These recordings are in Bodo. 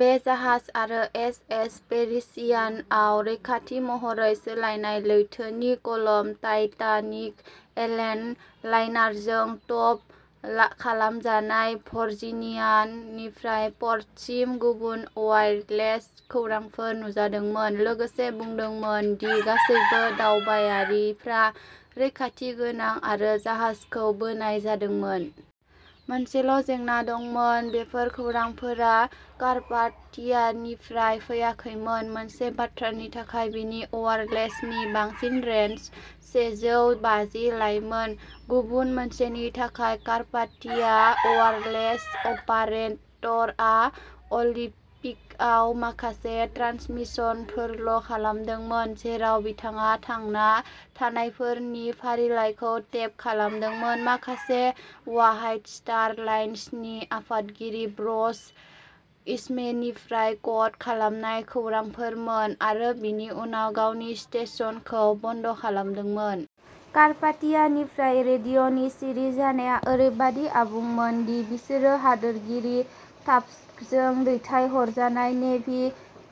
बे जाहाज आरो एस. एस. पेरिसियानआव रैखाथि महरै सोलायनाय। लैथोनि कलम टाइटानिक एलेन लाइनारजों ट'ब खालामजानाय भर्जिनियान निफ्राय पर्टसिम। गुबुन अवाइरलेस खौरांफोर नुजादोंमोन लोगोसे बुंदोंमोन दि गासैबो दावबायारिफ्रा रैखाथि गोनां, आरो जाहाजखौ बोनाय जादोंमोन। मोनसेल'जेंना दंमोन बेफोर खौरांफोरा कार्पाथियानिफ्राय फैयाखैमोन। मोनसे बाथ्रानि थाखाय बिनि अवाइरलेसनि बांसिन रेन्ज सेजौ बाजि लाइमोन। गुबुन मोनसेनि थाखाय, कार्पाथिया अवाइरलेस अपारेटरआ अलिम्पिकआव माखासे ट्रान्समिसनफोरल'खालामदोंमोन जेराव बिथाङा थांना थानायफोरनि फारिलाइखौ टेप खालामदोंमोन, माखासेआ व्हाइट स्टार लाइन्सनि आफादगिरि ब्रुस इस्मेनिफ्राय क'ड खालामनाय खौरांफोरमोन, आरो बिनि उनाव गावनि स्टेशनखौ बन्द खालामदोंमोन। "कार्पाथिया" निफ्राय रेडिय'नि सिरि जानाया ओरैबादि आबुंमोन दि बिसोरो हादोरगिरि टाफ्टजों दैथायहरजानाय नेभि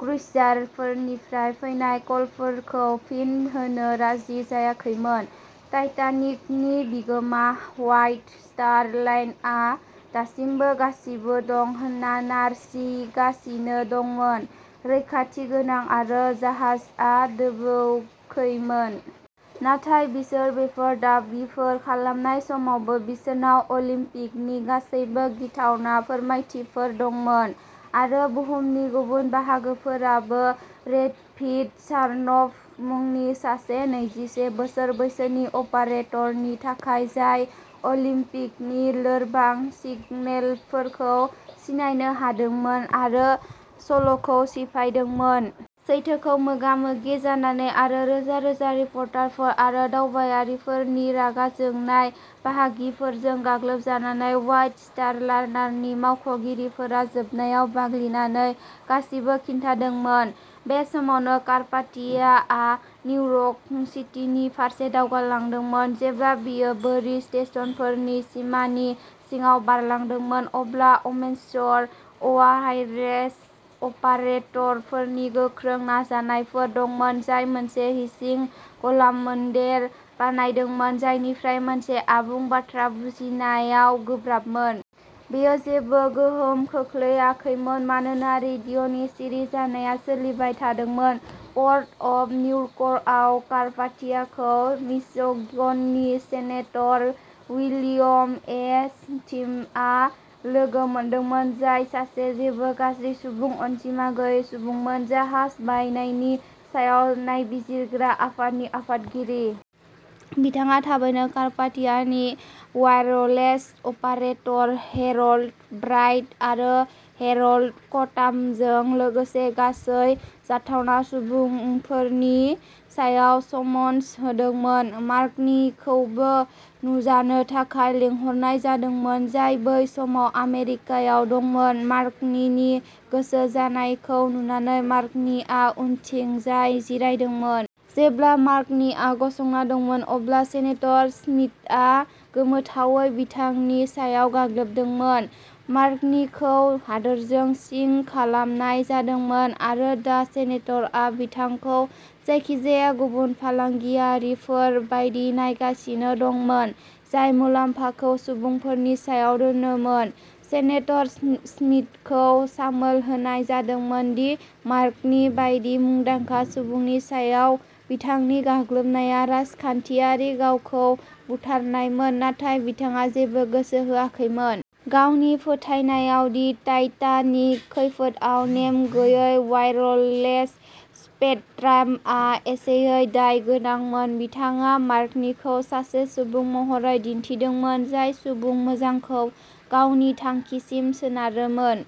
क्रुइजारफोरनिफ्राय फैनाय कलफोरखौ फिन होनो राजि जायाखैमोन। टाइटानिकनि बिगोमा, व्हाइट स्टार लाइनआ दासिमबो गासिबो दं होनना नारसिगासिनो दंमोन। रैखाथि गोनां आरो जाहाजआ दोबौखैमोन। नाथाय बिसोर बेफोर दाबिफोर खालामनाय समावबो, बिसोरनाव अलिम्पिकनि गासैबो गिथावना फोरमायथिफोर दंमोन। आरो बुहुमनि गुबुन बाहागोफोराबो, रेडभिड सार्नफ मुंनि सासे नैजिसे बोसोर बैसोनि अपारेटरनि थाखाय, जाय अलिम्पिकनि लोरबां सिगनेलफोरखौ सिनायनो हादोंमोन आरो सल'खौ सिफायदोंमोन। सैथोखौ मोगा-मोगि जानानै आरो रोजा-रोजा रिपर्टारफोर आरो दावबायारिफोरनि रागा जोंनाय बाहागिफोरजों गाग्लोबजानानै, व्हाइट स्टार लाइनारनि मावख'गिरिफोरा जोबनायाव बाग्लिनानै गासिबो खिन्थादोंमोन। बे समावनो, कार्पाथियाआ निउरक सिटिनि फारसे दावगालांदोंमोन। जेब्ला बियो बोरि स्टेशनफोरनि सिमानि सिङाव बारलांदोंमोन, अब्ला अमेच्योर अवाहाइरेस अपारेटरफोरनि गोख्रों नाजानायफोर दंमोन जाय मोनसे हिसिं गलामोनदेर बानायदोंमोन जायनिफ्राय मोनसे आबुं बाथ्रा बुजिनायाव गोब्राबमोन। बेयो जेबो गोहोम खोख्लैयाखैमोन मानोना रेडिय'नि सिरि जानाया सोलिबाय थादोंमोन। पर्ट अफ निउकरआव, कार्पाथियाखौ मिशिगननि सेनेटर विलियम ए. स्मिथआ लोगो मोनदोंमोन, जाय सासे जेबो गाज्रि सुबुं अनजिमा गैयै सुबुंमोन। जाहाज बायनायनि सायाव नायबिजिरग्रा आफादनि आफादगिरि। बिथाङा थाबैनो कार्पाथियानि वायरलेस अपारेटर हेरल्ड ब्राइड आरो हेरल्ड कटामजों लोगोसे गासै जाथावना सुबुंफोरनि सायाव समन्स होदोंमोन। मार्क'नीखौबो नुजानो थाखाय लिंहरनाय जादोंमोन, जाय बै समाव आमेरिकायाव दंमोन। मार्क'नीनि गोसो जानायखौ नुनानै मार्क'नीआ उनथिंजाय जिरायदोंमोन। जेब्ला मार्क'नीआ गसंना दंमोन अब्ला सेनेटर स्मिथआ गोमोथावै बिथांनि सायाव गाग्लोबदोंमोन। मार्क'नीखौ हादोरजों सिंह खालामनाय जादोंमोन आरो दा सेनेटरआ बिथांखौ जायखिजाया गुबुन फालांगियारिफोर बायदि नायगासिनो दंमोन, जाय मुलाम्फाखौ सुबुंफोरनि सायाव दोनोमोन। सेनेटर स्मिथखौ सामोल होनाय जादोंमोन दि मार्क'नी बायदि मुंदांखा सुबुंनि सायाव बिथांनि गाग्लोबनाया राजखान्थियारि गावखौ बुथारनायमोन, नाथाय बिथाङा जेबो गोसो होआखैमोन। गावनि फोथायनायाव दि टाइटानिक खैफोदआव नेम गैयै वायरलेस स्पेकट्रामआ एसेयै दाय गोनांमोन, बिथाङा मार्क'नीखौ सासे सुबुं महरै दिन्थिदोंमोन, जाय सुबुं मोजांखौ गावनि थांखिसिम सोनारोमोन।